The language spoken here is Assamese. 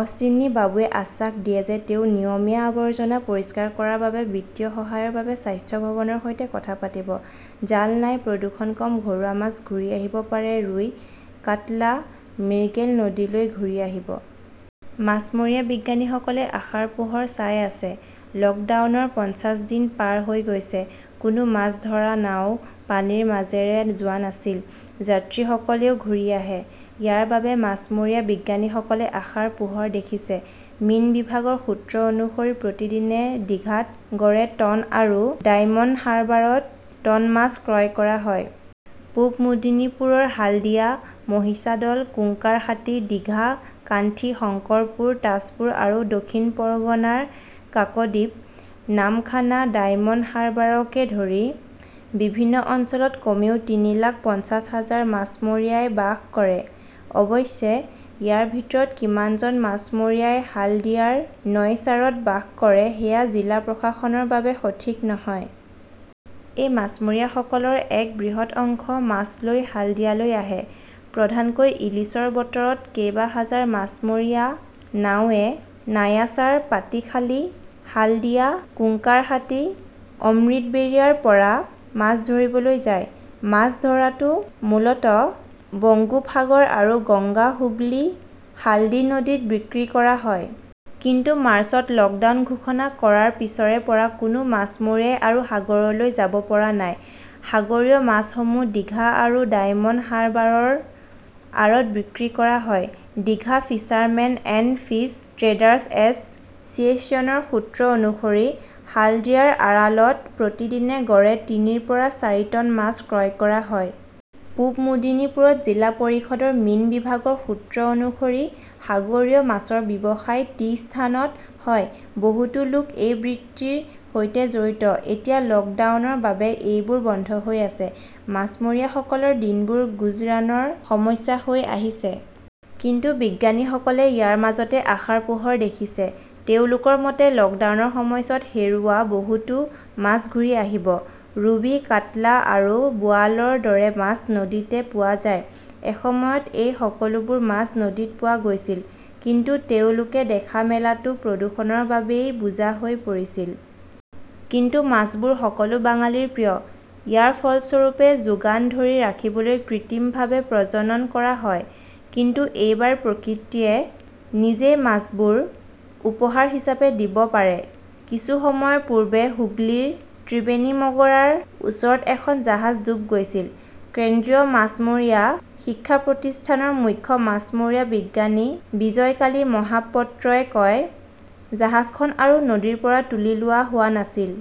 অশ্বিনী বাবুৱে আশ্বাস দিয়ে যে তেওঁ নিয়মীয়া আৱৰ্জনা পৰিষ্কাৰ কৰাৰ বাবে বিত্তীয় সহায়ৰ বাবে স্বাস্থ্য ভৱনৰ সৈতে কথা পাতিব। জাল নাই, প্ৰদূষণ কম, ঘৰুৱা মাছ ঘূৰি আহিব পাৰে ৰুই, কাটলা, মিৰ্গেল নদীলৈ ঘূৰি আহিব। মাছমৰীয়া বিজ্ঞানীসকলে আশাৰ পোহৰ চাই আছে। লকডাউনৰ পঞ্চাশ দিন পাৰ হৈ গৈছে। কোনো মাছ ধৰা নাও পানীৰ মাজেৰে যোৱা নাছিল। যাত্ৰীসকলেও ঘূৰি আহে। ইয়াৰ বাবেই মাছমৰীয়া বিজ্ঞানীসকলে আশাৰ পোহৰ দেখিছে। মীন বিভাগৰ সূত্ৰ অনুসৰি প্ৰতিদিনে ডিঘাত গড়ে টন আৰু ডায়মণ্ড হাৰ্বাৰত টন মাছ ক্ৰয় কৰা হয়। পূৱ মেদিনীপুৰৰ হালদিয়া, মহিষাদল, কুঙ্কাৰাহাটি, ডিঘা, কান্থী, শংকৰপুৰ, তাজপুৰ আৰু দক্ষিণ পৰগনাৰ কাকদ্বীপ, নামখানা, ডায়মণ্ড হাৰ্বাৰকে ধৰি বিভিন্ন অঞ্চলত কমেও তিনি লাখ পঞ্চাশ হাজাৰ মাছমৰীয়াই বাস কৰে। অৱশ্যে, ইয়াৰ ভিতৰত কিমানজন মাছমৰীয়াই হালদিয়াৰ নয়চাৰত বাস কৰে সেয়া জিলা প্ৰশাসনৰ বাবে সঠিক নহয়। এই মাছমৰীয়াসকলৰ এক বৃহৎ অংশ মাছ লৈ হাল্ডিয়ালৈ আহে। প্ৰধানকৈ ইলিছৰ বতৰত কেইবাহাজাৰ মাছমৰীয়া নাওয়ে নায়াচাৰ, পাটিখালী, হালদিয়া, কুঙ্কৰাহাটি, অমৃতবেৰিয়াৰ পৰা মাছ ধৰিবলৈ যায়। মাছ ধৰাটো মূলতঃ বংগোপসাগৰ আৰু গংগা-হুগলী-হালদী নদীত বিক্ৰী কৰা হয়। কিন্তু মাৰ্চত লকডাউন ঘোষণা কৰাৰ পিছৰে পৰা কোনো মাছমৰীয়াই আৰু সাগৰলৈ যাব পৰা নাই। সাগৰীয় মাছসমূহ ডিঘা আৰু ডায়মণ্ড হাৰ্বাৰৰ আঁৰত বিক্ৰী কৰা হয়। Digha fishermen and fish traders এছ চিয়েশ্যনৰ সূত্ৰ অনুসৰি, হালদিয়াৰ আড়ালত প্ৰতিদিনে গড়ে তিনিৰ পৰা চাৰি টন মাছ ক্ৰয় কৰা হয়। পূব মেদিনীপুৰত জিলা পৰিষদৰ মীন বিভাগৰ সূত্ৰ অনুসৰি, সাগৰীয় মাছৰ ব্যৱসায় টি স্থানত হয়। বহুতো লোক এই বৃত্তিৰ সৈতে জড়িত। এতিয়া লকডাউনৰ বাবে এইবোৰ বন্ধ হৈ আছে। মাছমৰীয়াসকলৰ দিনবোৰ গুজৰাণৰ সমস্যা হৈ আহিছে। কিন্তু বিজ্ঞানীসকলে ইয়াৰ মাজতে আশাৰ পোহৰ দেখিছে। তেওঁলোকৰ মতে, লকডাউনৰ সময়ছোৱাত হেৰুওৱা বহুতো মাছ ঘূৰি আহিব। ৰুৱী, কাটলা, আৰু বোৱালৰ দৰে মাছ নদীতে পোৱা যায়। এসময়ত এই সকলোবোৰ মাছ নদীত পোৱা গৈছিল। কিন্তু তেওঁলোকে দেখা মেলাটো প্ৰদূষণৰ বাবেই বোজা হৈ পৰিছিল। কিন্তু মাছবোৰ সকলো বাঙালীৰ প্ৰিয়। ইয়াৰ ফলস্বৰূপে যোগান ধৰি ৰাখিবলৈ কৃত্ৰিমভাৱে প্ৰজনন কৰা হয়। কিন্তু এইবাৰ প্ৰকৃতিয়ে নিজেই মাছবোৰ উপহাৰ হিচাপে দিব পাৰে। কিছু সময়ৰ পূৰ্বে হুগলীৰ ত্ৰিবেণী মগৰাৰ ওচৰত এখন জাহাজ ডুব গৈছিল, কেন্দ্ৰীয় মাছমৰীয়া শিক্ষা প্ৰতিষ্ঠানৰ মুখ্য মাছমৰীয়া বিজ্ঞানী বিজয়কালী মহাপত্ৰই কয়। জাহাজখন আৰু নদীৰ পৰা তুলি লোৱা হোৱা নাছিল।